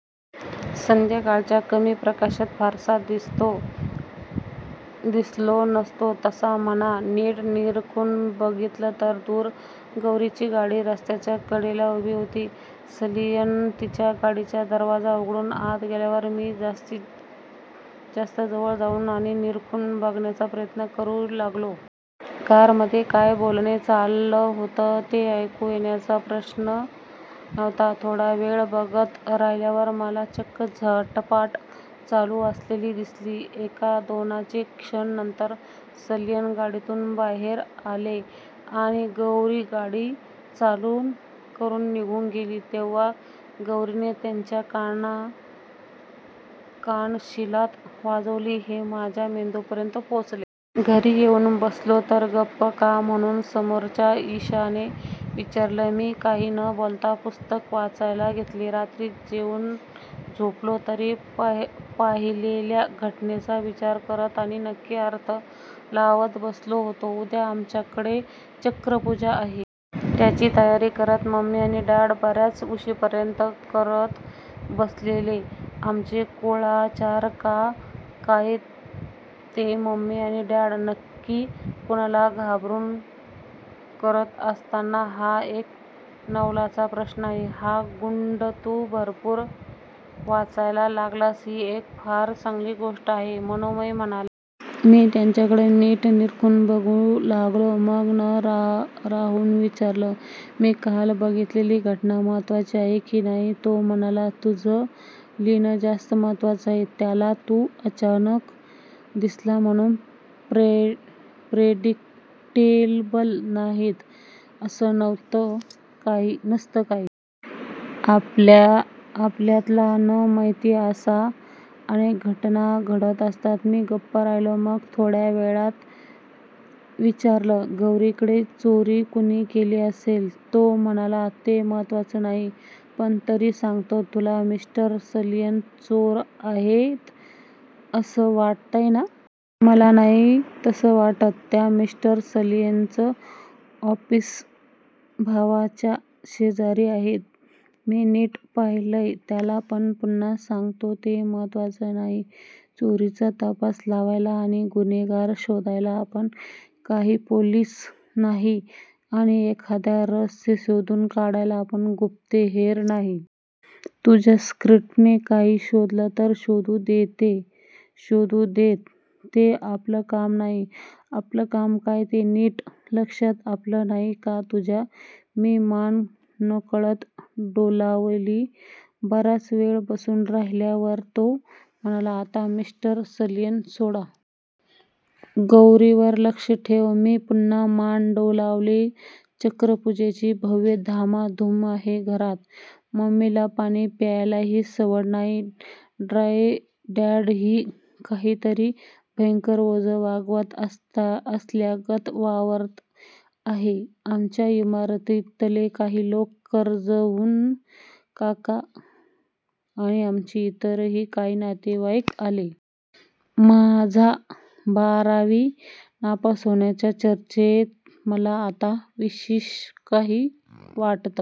संध्याकाळच्या कमी प्रकाशात फारसा दिसलो नसतो तसा म्हणा. नीट निरखून बघितलं तर दूर गौरीची गाडी रस्त्याच्या कडेला उभी होती. सलियन तिच्या गाडीचा दरवाजा उघडून आत गेल्यावर मी जास्तीत जास्त जवळ जाऊन आणि निरखून बघण्याचा प्रयत्न करू लागलो. कारमध्ये काय बोलणं चाललं होतं, ते ऐकू येण्याचा प्रश्नच नव्हता. थोडा वेळ बघत राहिल्यावर मला चक्क झटापट चालू असलेली दिसली- एक दोनच क्षण. नंतर सलियन गाडीतून बाहेर आले, आणि गौरी गाडी चालू करून निघून गेली तेव्हा गौरीने त्यांच्या कानशिलात वाजवली- हे माझ्या मेंदूपर्यंत पोचलं. घरी येऊन बसलो तर गप्प का-- म्हणून समोरच्या इशाने विचारलं. मी काही न बोलता पुस्तक वाचायला घेतलं. रात्री जेऊन झोपलो, तरी पाहिलेल्या घटनेचा विचार करत आणि नक्की अर्थ लावत बसलो होतो. उद्या आमच्याकडे चक्रपूजा आहे. त्याची तयारी करत मम्मी आणि डॅड बर्याच उशिरापर्यंत करत बसलेले. आमचे कुळाचार का काय ते- मम्मी आणि डॅड नक्की कुणाला घाबरून करत असतात, हा एक नवलाचाच प्रश्न आहे. हां. गुड. तू भरपूर वाचायला लागलास ही एक फार चांगली गोष्ट आहे-- मनोमय म्हणाला. मी त्याच्याकडे नीट निरखून बघू लागलो. मग न राहवून विचारलं-- मी काल बघितलेली घटना महत्वाची आहे की नाही? तो म्हणाला-- तुझं लिहिणं जास्त महत्वाचं आहे. त्या तुला अचानक दिसल्या म्हणून प्रेडिक्टेबल नाहीत असं नसतं काही. आपल्याला न माहित अशा अनेक घटना घडत असतात. मी गप्प राहिलो. मग थोड्या वेळात विचारलं-- गौरीकडे चोरी कुणी केली असेल? तो म्हणाला- ते महत्वाचं नाही. पण तरी सांगतो. तुला मिस्टर सलियन चोर आहेत असं वाटतंय ना? मला नाही तसं वाटत. त्या मिस्टर सलियनचं ऑफिस भावाच्या शेजारीच आहे. मी नीट पाहिलंय त्याला. पण पुन्हा सांगतो- ते महत्वाचं नाही. चोरीचा तपास लावायला आणि गुन्हेगार शोधायला आपण काही पोलिस नाही. आणि एखादं रहस्य शोधून काढायला आपण गुप्तहेर नाही. तुझ्या स्क्रिप्टने काही शोधलं तर शोधू देत. ते आपलं काम नाही. आपलं काम काय- ते नीट लक्षात आलं नाही का तुझ्या? मी मान नकळत डोलावली. बराच वेळ बसून राहिल्यावर तो म्हणाला-- आता मिस्टर सलियन सोड. गौरीवर लक्ष ठेव. मी पुन्हा मान डोलावली. चक्रपुजेची भव्य धामधुम आहे घरात. मम्मीला पाणी प्यायलाही सवड नाही. डॅडही काहीतरी भयंकर ओझं वागवत असल्यागत वावरत आहेत. आमच्या इमारतीतले काही लोक, कर्जतहून काका आणि आमचे इतरही काही नातेवाईक आलेले. माझ्या बारावी नापास होण्याच्या चर्चेचं मला आता विशेष काही वाटत